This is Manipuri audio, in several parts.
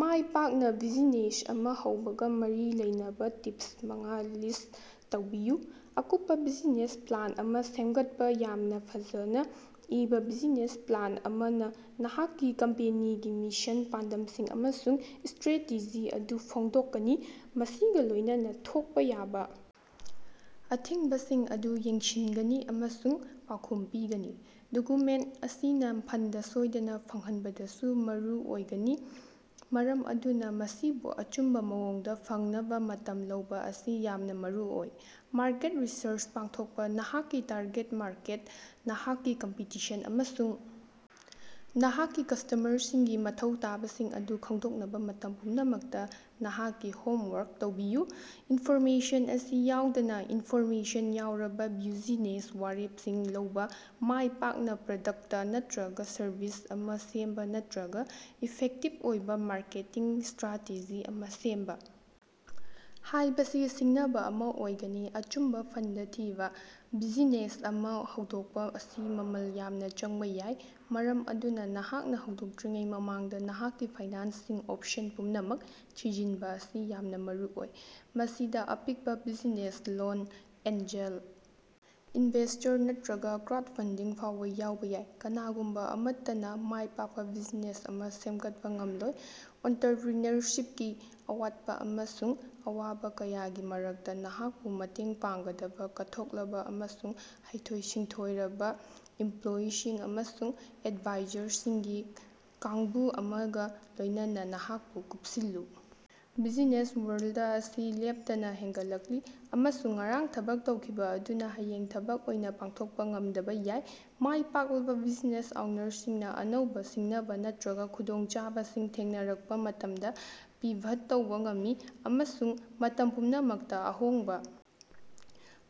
ꯃꯥꯏꯄꯥꯛꯅ ꯕꯤꯖꯤꯅꯦꯁ ꯑꯃ ꯍꯧꯕꯒ ꯃꯔꯤ ꯂꯩꯅꯕ ꯇꯤꯞꯁ ꯃꯉ ꯂꯤꯁ꯭ꯠ ꯇꯧꯕꯤꯌꯨ꯫ ꯑꯀꯨꯞꯄ ꯕꯤꯖꯤꯅꯦꯁ ꯄ꯭ꯂꯥꯟ ꯑꯃ ꯁꯦꯝꯒꯠꯄ ꯌꯥꯝꯅ ꯐꯖꯅ ꯏꯕ ꯕꯤꯖꯤꯅꯦꯁ ꯄ꯭ꯂꯥꯟ ꯑꯃꯅ ꯅꯍꯥꯛꯀꯤ ꯀꯝꯄꯦꯅꯤꯒꯤ ꯃꯤꯁꯟ, ꯄꯥꯟꯗꯝꯁꯤꯡ ꯑꯃꯁꯨꯡ ꯁ꯭ꯇꯔꯦꯇꯦꯖꯤ ꯑꯗꯨ ꯐꯣꯡꯗꯣꯛꯀꯅꯤ, ꯃꯁꯤꯒ ꯂꯣꯏꯅꯅ ꯊꯣꯛꯄ ꯌꯥꯕ ꯑꯊꯤꯡꯕꯁꯤꯡ ꯑꯗꯨ ꯌꯦꯡꯁꯤꯟꯒꯅꯤ ꯑꯃꯁꯨꯡ ꯄꯥꯎꯈꯨꯝ ꯄꯤꯒꯅꯤ꯫ ꯗꯣꯀꯨꯃꯦꯟꯇ ꯑꯁꯤꯅ ꯐꯟꯗ ꯁꯣꯏꯗꯅ ꯐꯪꯍꯟꯕꯗꯁꯨ ꯃꯔꯨ ꯑꯣꯏꯒꯅꯤ, ꯃꯔꯝ ꯑꯗꯨꯅ ꯃꯁꯤꯕꯨ ꯑꯆꯨꯝꯕ ꯃꯑꯣꯡꯗ ꯐꯪꯅꯕ ꯃꯇꯝ ꯂꯧꯕ ꯑꯁꯤ ꯌꯥꯝꯅ ꯃꯔꯨꯑꯣꯏ꯫ ꯃꯥꯔꯀꯦꯠ ꯔꯤꯁꯔꯆ ꯄꯥꯡꯊꯣꯀꯄꯥ ꯅꯍꯥꯛꯀꯤ ꯇꯥꯔꯒꯦꯠ ꯃꯥꯔꯀꯦꯠ, ꯅꯍꯥꯛꯀꯤ ꯀꯝꯄꯤꯇꯤꯁꯟ ꯑꯃꯁꯨꯡ ꯅꯍꯥꯛꯀꯤ ꯀꯁꯇꯃꯔꯁꯤꯡꯒꯤ ꯃꯊꯧ ꯇꯥꯕꯁꯤꯡ ꯑꯗꯨ ꯈꯪꯗꯣꯛꯅꯕ ꯃꯇꯝ ꯄꯨꯝꯅꯃꯛꯇ ꯅꯍꯥꯛꯀꯤ ꯍꯣꯝ ꯋꯥꯔꯛ ꯇꯧꯕꯤꯌꯨ꯫ ꯏꯟꯐꯣꯔꯃꯦꯁꯟ ꯑꯁꯤ ꯌꯥꯎꯗꯅ, ꯏꯟꯐꯣꯔꯃꯦꯁꯟ ꯌꯥꯎꯔꯕ ꯕ꯭ꯌꯨꯖꯤꯅꯦꯁ ꯋꯥꯔꯦꯞꯁꯤꯡ ꯂꯧꯕ, ꯃꯥꯏꯄꯥꯛꯅ ꯄ꯭ꯔꯗꯛꯇ ꯅꯠꯇ꯭ꯔꯒ ꯁꯔꯚꯤꯁ ꯑꯃ ꯁꯦꯝꯕ ꯅꯠꯇ꯭ꯔꯒ ꯏꯐꯦꯛꯇꯤꯚ ꯑꯣꯏꯕ ꯃꯥꯔꯀꯦꯇꯤꯡ ꯁ꯭ꯇꯔꯥꯇꯦꯖꯤ ꯑꯃ ꯁꯦꯝꯕ ꯍꯥꯏꯕꯁꯤ ꯁꯤꯡꯅꯕ ꯑꯃ ꯑꯣꯏꯒꯅꯤ꯫ ꯑꯆꯨꯝꯕ ꯐꯟꯗ ꯊꯤꯕ ꯕꯤꯖꯤꯅꯦꯁ ꯑꯃ ꯍꯧꯗꯣꯛꯄ ꯑꯁꯤ ꯃꯃꯜ ꯌꯥꯝꯅ ꯆꯪꯕ ꯌꯥꯏ, ꯃꯔꯝ ꯑꯗꯨꯅ ꯅꯍꯥꯛꯅ ꯍꯧꯗꯣꯛꯇ꯭ꯔꯤꯉꯩ ꯃꯃꯥꯡꯗ ꯅꯍꯥꯛꯀꯤ ꯐꯥꯏꯅꯥꯟꯁꯤꯡ ꯑꯣꯞꯁꯟ ꯄꯨꯝꯅꯃꯛ ꯊꯤꯖꯤꯟꯕ ꯑꯁꯤ ꯌꯥꯝꯅ ꯃꯔꯨꯑꯣꯏ꯫ ꯃꯁꯤꯗ ꯑꯄꯤꯛꯄ ꯕꯤꯖꯤꯅꯦꯁ ꯂꯣꯟ, ꯑꯦꯟꯖꯦꯜ ꯏꯟꯚꯦꯁꯇꯔ, ꯅꯠꯇ꯭ꯔꯒ ꯀ꯭ꯔꯥꯎꯗꯐꯟꯗꯤꯡ ꯐꯥꯎꯕ ꯌꯥꯎꯕ ꯌꯥꯏ꯫ ꯀꯅꯥꯒꯨꯝꯕ ꯑꯃꯠꯇꯅ ꯃꯥꯏꯄꯥꯛꯄ ꯕꯤꯖꯤꯅꯦꯁ ꯑꯃ ꯁꯦꯝꯒꯠꯄ ꯉꯝꯂꯣꯏ꯫ ꯑꯣꯟꯇꯔꯄ꯭ꯔꯤꯅꯔꯁꯤꯞꯀꯤ ꯑꯋꯥꯠꯄ ꯑꯃꯁꯨꯡ ꯑꯋꯥꯕ ꯀꯌꯥꯒꯤ ꯃꯔꯛꯇ ꯅꯍꯥꯛꯄꯨ ꯃꯇꯦꯡ ꯄꯥꯡꯒꯗꯕ ꯀꯠꯊꯣꯛꯂꯕ ꯑꯃꯁꯨꯡ ꯍꯩꯊꯣꯏ-ꯁꯤꯡꯊꯣꯏꯔꯕ ꯏꯝꯄ꯭ꯂꯣꯌꯤꯁꯤꯡ ꯑꯃꯁꯨꯡ ꯑꯦꯗꯚꯥꯏꯖꯔꯁꯤꯡꯒꯤ ꯀꯥꯡꯕꯨ ꯑꯃꯒ ꯂꯣꯏꯅꯅ ꯅꯍꯥꯛꯄꯨ ꯀꯨꯞꯁꯤꯜꯂꯨ꯫ ꯕꯤꯖꯤꯅꯦꯁ ꯋꯥꯔꯜꯗ ꯑꯁꯤ ꯂꯦꯞꯇꯅ ꯍꯦꯟꯒꯠꯂꯛꯂꯤ, ꯑꯃꯁꯨꯡ ꯉꯔꯥꯡ ꯊꯕꯛ ꯇꯧꯈꯤꯕ ꯑꯗꯨꯅ ꯍꯌꯦꯡ ꯊꯕꯛ ꯑꯣꯏꯅ ꯄꯥꯡꯊꯣꯛꯄ ꯉꯝꯗꯕ ꯌꯥꯏ꯫ ꯃꯥꯏ ꯄꯥꯛꯂꯕ ꯕꯤꯖꯤꯅꯦꯁ ꯑꯣꯅꯔꯁꯤꯡꯅ ꯑꯅꯧꯕ ꯁꯤꯡꯅꯕ ꯅꯠꯇ꯭ꯔꯒ ꯈꯨꯗꯣꯡꯆꯥꯕꯁꯤꯡ ꯊꯦꯡꯅꯔꯛꯄ ꯃꯇꯝꯗ ꯄꯤꯚꯠ ꯇꯧꯕ ꯉꯝꯃꯤ, ꯑꯃꯁꯨꯡ ꯃꯇꯝ ꯄꯨꯝꯅꯃꯛꯇꯥ ꯑꯍꯣꯡꯕ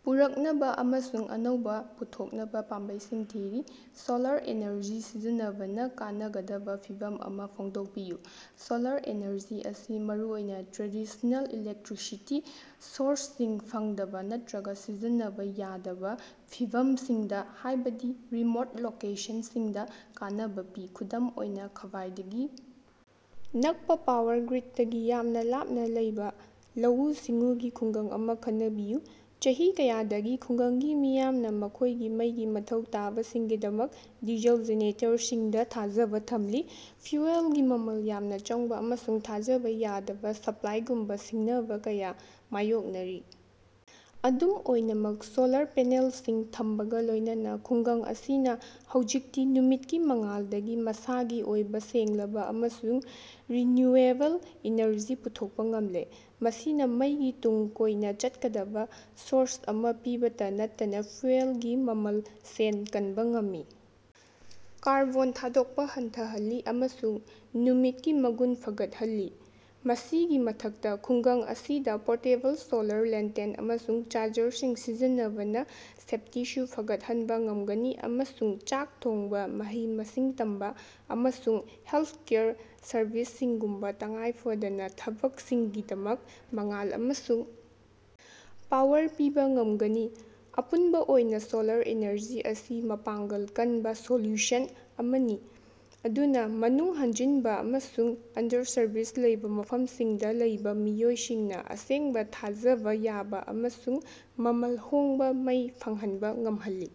ꯄꯨꯔꯛꯅꯕ ꯑꯃꯁꯨꯡ ꯑꯅꯧꯕ ꯄꯨꯊꯣꯛꯅꯕ ꯄꯥꯝꯕꯩꯁꯤꯡ ꯊꯤꯔꯤ꯫ ꯁꯣꯂꯥꯔ ꯑꯦꯅꯔꯖꯤ ꯁꯤꯖꯤꯟꯅꯕꯅ ꯀꯥꯟꯅꯒꯗꯕ ꯐꯤꯚꯝ ꯑꯃ ꯐꯣꯡꯗꯣꯛꯄꯤꯌꯨ꯫ ꯁꯣꯂꯥꯔ ꯑꯦꯅꯔꯖꯤ ꯑꯁꯤ ꯃꯔꯨꯑꯣꯏꯅ ꯇ꯭ꯔꯦꯗꯤꯁꯅꯦꯜ ꯏꯂꯦꯛꯇ꯭ꯔꯤꯁꯤꯇꯤ ꯁꯣꯔꯁꯁꯤꯡ ꯐꯪꯗꯕ ꯅꯠꯇ꯭ꯔꯒ ꯁꯤꯖꯤꯟꯅꯕ ꯌꯥꯗꯕ ꯐꯤꯚꯝꯁꯤꯡꯗ, ꯍꯥꯏꯕꯗꯤ ꯔꯤꯃꯣꯠ ꯂꯣꯀꯦꯁꯟꯁꯤꯡꯗ ꯀꯥꯟꯅꯕ ꯄꯤ꯫ ꯈꯨꯗꯝ ꯑꯣꯏꯅ, ꯈ꯭ꯕꯥꯏꯗꯒꯤ ꯅꯛꯄ ꯄꯥꯋꯔ ꯒ꯭ꯔꯤꯗꯇꯒꯤ ꯌꯥꯝꯅ ꯂꯥꯞꯅ ꯂꯩꯕ ꯂꯧꯎ-ꯁꯤꯡꯎꯒꯤ ꯈꯨꯡꯒꯪ ꯑꯃ ꯈꯟꯅꯕꯤꯌꯨ꯫ ꯆꯍꯤ ꯀꯌꯥꯗꯒꯤ ꯈꯨꯜꯒꯪꯒꯤ ꯃꯤꯌꯥꯝꯅ ꯃꯈꯣꯏꯒꯤ ꯃꯩꯒꯤ ꯃꯊꯧ ꯇꯥꯕꯁꯤꯡꯒꯤꯗꯃꯛ ꯗꯤꯖꯜ ꯖꯦꯅꯦꯔꯦꯇꯔꯁꯤꯡꯗ ꯊꯥꯖꯕ ꯊꯝꯂꯤ, ꯐ꯭ꯌꯨꯑꯦꯜꯒꯤ ꯃꯃꯜ ꯌꯥꯝꯅ ꯆꯪꯕ ꯑꯃꯁꯨꯡ ꯊꯥꯖꯕ ꯌꯥꯗꯕ ꯁꯄ꯭ꯂꯥꯏꯒꯨꯝꯕ ꯁꯤꯡꯅꯕ ꯀꯌꯥ ꯃꯥꯌꯣꯛꯅꯔꯤ꯫ ꯑꯗꯨꯝ ꯑꯣꯏꯅꯃꯛ ꯁꯣꯂꯥꯔ ꯄꯦꯅꯦꯜꯁꯤꯡ ꯊꯝꯕꯒ ꯂꯣꯏꯅꯅ ꯈꯨꯡꯒꯪ ꯑꯁꯤꯅ ꯍꯧꯖꯤꯛꯇꯤ ꯅꯨꯃꯤꯠꯀꯤ ꯃꯉꯥꯜꯗꯒꯤ ꯃꯁꯥꯒꯤ ꯑꯣꯏꯕ ꯁꯦꯡꯂꯕ ꯑꯃꯁꯨꯡ ꯔꯤꯅ꯭ꯌꯨꯑꯦꯕꯜ ꯏꯅꯔꯖꯤ ꯄꯨꯊꯣꯛꯄ ꯉꯝꯂꯦ꯫ ꯃꯁꯤꯅ ꯃꯩꯒꯤ ꯇꯨꯡ ꯀꯣꯏꯅ ꯆꯠꯀꯗꯕ ꯁꯣꯔꯁ ꯑꯃ ꯄꯤꯕꯇꯥ ꯅꯠꯇꯅ ꯐ꯭ꯌꯨꯑꯦꯜꯒꯤ ꯃꯃꯜꯗ ꯁꯦꯟ ꯀꯟꯕ ꯉꯝꯃꯤ ꯀꯥꯔꯕꯣꯟ ꯊꯥꯗꯣꯛꯄ ꯍꯟꯊꯍꯜꯂꯤ ꯑꯃꯁꯨꯡ ꯅꯨꯡꯁꯤꯠꯀꯤ ꯃꯒꯨꯟ ꯐꯒꯠꯍꯜꯂꯤ꯫ ꯃꯁꯤꯒꯤ ꯃꯊꯛꯇ, ꯈꯨꯡꯒꯪ ꯑꯁꯤꯗ ꯄꯣꯔꯇꯦꯕꯜ ꯁꯣꯂꯥꯔ ꯂꯦꯟꯇꯦꯟ ꯑꯃꯁꯨꯡ ꯆꯥꯔꯖꯔꯁꯤꯡ ꯁꯤꯖꯤꯟꯅꯕꯅ ꯁꯦꯐꯇꯤꯁꯨ ꯐꯒꯠꯍꯟꯕ ꯉꯝꯒꯅꯤ ꯑꯃꯁꯨꯡ ꯆꯥꯛ ꯊꯣꯡꯕ, ꯃꯍꯩ-ꯃꯁꯤꯡ ꯇꯝꯕ, ꯑꯃꯁꯨꯡ ꯍꯦꯜꯊꯀꯦꯌꯔ ꯁꯔꯚꯤꯁꯁꯤꯡꯒꯨꯝꯕꯥ ꯇꯉꯥꯏ ꯐꯗꯕ ꯊꯕꯛꯁꯤꯡꯒꯤꯗꯃꯛ ꯃꯉꯥꯜ ꯑꯃꯁꯨꯡ ꯄꯥꯋꯔ ꯄꯤꯕꯥ ꯉꯝꯒꯅꯤ꯫ ꯑꯄꯨꯟꯕ ꯑꯣꯏꯅ ꯁꯣꯂꯥꯔ ꯏꯅꯔꯖꯤ ꯑꯁꯤ ꯃꯄꯥꯡꯒꯜ ꯀꯟꯕ ꯁꯣꯂꯨꯁꯟ ꯑꯃꯅꯤ ꯃꯗꯨꯅ ꯃꯅꯨꯡ ꯍꯟꯖꯤꯟꯕ ꯑꯃꯁꯨꯡ ꯑꯟꯗꯔ-ꯁꯥꯔꯚꯤꯁ ꯂꯩꯕ ꯃꯐꯝꯁꯤꯡꯗ ꯂꯩꯕ ꯃꯤꯑꯣꯏꯁꯤꯡꯅ ꯑꯁꯦꯡꯕ, ꯊꯥꯖꯕ ꯌꯥꯕ ꯑꯃꯁꯨꯡ ꯃꯃꯜ ꯍꯣꯡꯕ ꯃꯩ ꯐꯪꯍꯟꯕ ꯉꯝꯍꯜꯂꯤ꯫